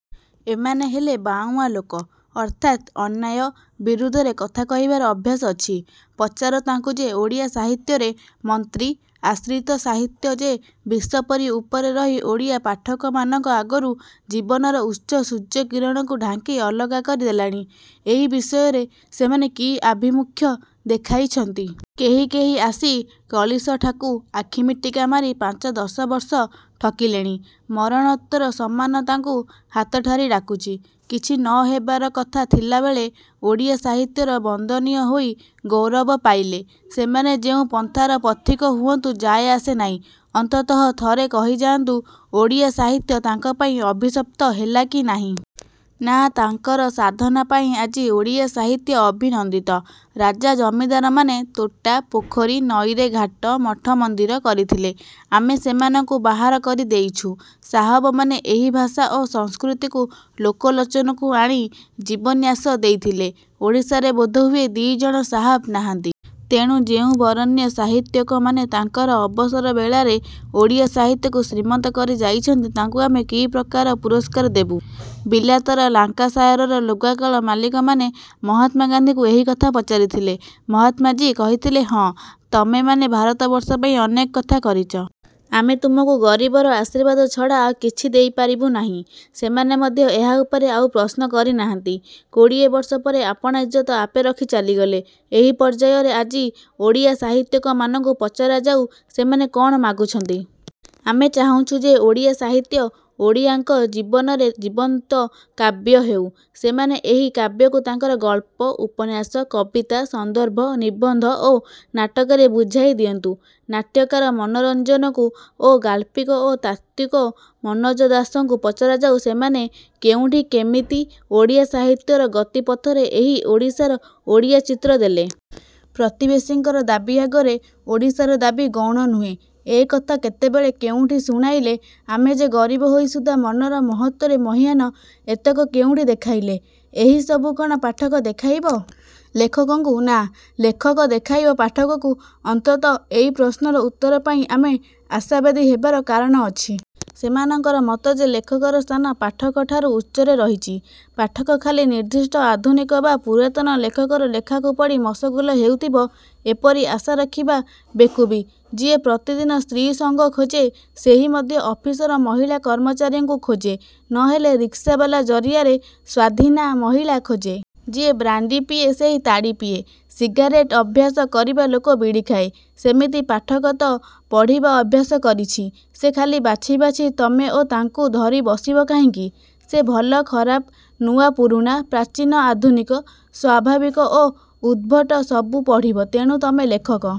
ଏମାନେ ହେଲେ ବାଉଁଆ ଲୋକ-ଅର୍ଥାତ୍ ଅନ୍ୟାୟ ବିରୁଦ୍ଧରେ କଥା କହିବାର ଅଭ୍ୟାସ ଅଛି। ପଚାର ତାଙ୍କୁ ଯେ ଓଡ଼ିଆ ସାହିତ୍ୟିରେ ମନ୍ତ୍ରୀ ଆଶ୍ରିତ ସାହିତ୍ୟ ଯେ ବିଷ ପରି ଉପରେ ରହି ଓଡ଼ିଆ ପାଠକମାନଙ୍କ ଆଗରୁ ଜୀବନର ଉତ୍ସ ସୂର୍ଯ୍ୟ କିରଣକୁ ଢାଙ୍କି ଅଲଗା କରି ଦେଲାଣି-ଏହି ବିଷୟରେ ସେମାନେ କି ଆଭିମୁଖ୍ୟ ଦେଖାଇଛନ୍ତି? କେହି କେହି ଆସି କଳିଷଠାକୁ ଆଖିମିଟିକା ମାରି ପାଞ୍ଚ ଦଶବର୍ଷ ଠକିଲେଣି। ମରଣୋତ୍ତର ସମ୍ମାନ ତାଙ୍କୁ ହାତ ଠାରି ଡାକୁଛି। କିଛି ନ ହେବାର କଥା ଥିଲାବେଳେ ଓଡ଼ିଆ ସାହିତ୍ୟର ବନ୍ଦନୀୟ ହୋଇ ଗୌରବ ପାଇଲେ। ସେମାନେ ଯେଉଁ ପନ୍ଥାର ପଥିକ ହୁଅନ୍ତୁ ଯାଏ ଆସେ ନାହିଁ-ଅନ୍ତତଃ ଥରେ କହିଯାନ୍ତୁ ଓଡ଼ିଆ ସାହିତ୍ୟ ତାଙ୍କପାଇଁ ଅଭିଶପ୍ତ ହେଲା କି ନାହିଁ? ନା, ତାଙ୍କର ସାଧନା ପାଇଁ ଆଜି ଓଡ଼ିଆ ସାହିତ୍ୟ ଅଭିନନ୍ଦିତ? ରାଜା ଜମିଦାରମାନେ ତୋଟା, ପୋଖରୀ, ନଈରେ ଘାଟ, ମଠ ମନ୍ଦିର କରିଥିଲେ। ଆମେ ସେମାନଙ୍କୁ ବାହାର କରି ଦେଇଛୁ। ସାହାବମାନେ ଏହି ଭାଷା ଓ ସଂସ୍କୃତିକୁ ଲୋକଲୋଚନକୁ ଆଣି ଜୀବନ୍ୟାସ ଦେଇଥିଲେ। ଓଡ଼ିଶାରେ ବୋଧହୁଏ ଦି'ଜଣ ସାହାବ ନାହାନ୍ତି-। ତେଣୁ ଯେଉଁ ବରେଣ୍ୟ ସାହିତ୍ୟିକମାନେ ତାଙ୍କର ଅବସର ବେଳାରେ ଓଡ଼ିଆ ସାହିତ୍ୟକୁ ଶ୍ରୀମନ୍ତ କରି ଯାଇଛନ୍ତି ତାଙ୍କୁ ଆମେ କି ପ୍ରକାର ପୁରସ୍କାର ଦେବୁ? ବିଲାତର ଲାଙ୍କାସାୟାରର ଲୁଗାକଳ ମାଲିକମାନେ ମହାତ୍ମା ଗାନ୍ଧୀଙ୍କୁ ଏହି କଥା ପଚାରିଥିଲେ। ମହାତ୍ମାଜୀ କହିଥିଲେ-ହଁ, ତମେମାନେ ଭାରତବର୍ଷ ପାଇଁ ଅନେକ କଥା କରିଛ। ଆମେ ତୁମକୁ ଗରିବର ଆଶୀର୍ବାଦ ଛଡ଼ା ଆଉ କିଛି ଦେଇପାରିବୁ ନାହିଁ। ସେମାନେ ମଧ୍ୟ ଏହା ଉପରେ ଆଉ ପ୍ରଶ୍ନ କରି ନାହାନ୍ତି। କୋଡ଼ିଏବର୍ଷ ପରେ ଆପଣା ଇଜ୍ଜତ ଆପେ ରଖି ଚାଲିଗଲେ। ଏହି ପର୍ଯ୍ୟାୟରେ ଆଜି ଓଡ଼ିଆ ସାହିତ୍ୟିକମାନଙ୍କୁ ପଚରାଯାଉ ସେମାନେ କ'ଣ ମାଗୁଛନ୍ତି? ଆମେ ଚାହୁଁଛୁ ଯେ ଓଡ଼ିଆ ସାହିତ୍ୟ। ଓଡ଼ିଆଙ୍କର ଜୀବନରେ ଜୀବନ୍ତ କାବ୍ୟ ହେଉ। ସେମାନେ ଏହି କାବ୍ୟକୁ ତାଙ୍କର ଗଳ୍ପ, ଉପନ୍ୟାସ, କବିତା, ସନ୍ଦର୍ଭ, ନିବନ୍ଧ ଓ ନାଟକରେ ବୁଝାଇ ଦିଅନ୍ତୁ। ନାଟ୍ୟକାର ମନୋରଞ୍ଜନଙ୍କୁ ଓ ଗାଳ୍ପିକ ଓ ତାତ୍ତ୍ୱିକ ମନୋଜ ଦାସଙ୍କୁ ପଚରାଯାଉ। ସେମାନେ କେଉଁଠି କେମିତି ଓଡ଼ିଆ ସାହିତ୍ୟର ଗତି ପଥରେ ଏହି ଓଡ଼ିଶାର ଓଡ଼ିଆ ଚିତ୍ର ଦେଲେ-। ପ୍ରତିବେଶୀଙ୍କର ଦାବୀ ଆଗରେ ଓଡ଼ିଶାର ଦାବୀ ଗୌଣ ନୁହେଁ-ଏକଥା କେତେବେଳେ କେଉଁଠି ଶୁଣାଇଲେ? ଆମେ ଯେ ଗରିବ ହୋଇ ସୁଦ୍ଧା ମନର ମହତ୍ତ୍ୱରେ ମହୀୟାନ-ଏତକ କେଉଁଠି ଦେଖାଇଲେ? ଏହି ସବୁ କ'ଣ ପାଠକ ଦେଖାଇବ ଲେଖକଙ୍କୁ-ନା, ଲେଖକ ଦେଖାଇବ ପାଠକକୁ? ଅନ୍ତତ ଏଇ ପ୍ରଶ୍ନର ଉତ୍ତର ପାଇଁ ଆମେ ଆଶାବାଦୀ ହେବାର କାରଣ ଅଛି। ସେମାନଙ୍କର ମତ ଯେ ଲେଖକର ସ୍ଥାନ ପାଠକଠାରୁ ଉଚ୍ଚରେ ରହିଛି। ପାଠକ ଖାଲି ନିର୍ଦ୍ଦିଷ୍ଟ ଆଧୁନିକ ବା ପୁରାତନ ଲେଖକର ଲେଖାକୁ ପଢ଼ି ମସଗୁଲ ହେଉଥିବ-ଏପରି ଆଶା ରଖିବା ବେକୁବି। ଯିଏ ପ୍ରତିଦିନ ସ୍ତ୍ରୀ'ସଙ୍ଗ ଖୋଜେ ସେହି ମଧ୍ୟ ଅଫିସର ମହିଳା କର୍ମଚାରୀକୁ ଖୋଜେ ନ ହେଲେ ରିକ୍ସାବାଲା ଜରିଆରେ ସ୍ୱାଧୀନା ମହିଳା ଖୋଜେ। ଯିଏ ବ୍ରାଣ୍ତି ପିଏ ସେହି ତାଡ଼ି ପିଏ। ସିଗାରେଟ୍ ଅଭ୍ୟାସ କରିବା ଲୋକ ବିଡ଼ି ଖାଏ। ସେମିତି ପାଠକ ତ' ପଢ଼ିବା ଅଭ୍ୟାସ କରିଛି-ସେ ଖାଲି ବାଛି ବାଛି ତମେ ଓ ତାଙ୍କୁ ଧରି ବସିବ କାହିଁକି? ସେ ଭଲ ଖରାପ, ନୂଆ ପୂରୁଣା, ପ୍ରାଚୀନ ଆଧୁନିକ, ସ୍ୱାଭାବିକ ଓ ଉଦ୍ଭଟ ସବୁ ପଢ଼ିବ। ତେଣୁ ତମେ ଲେଖକ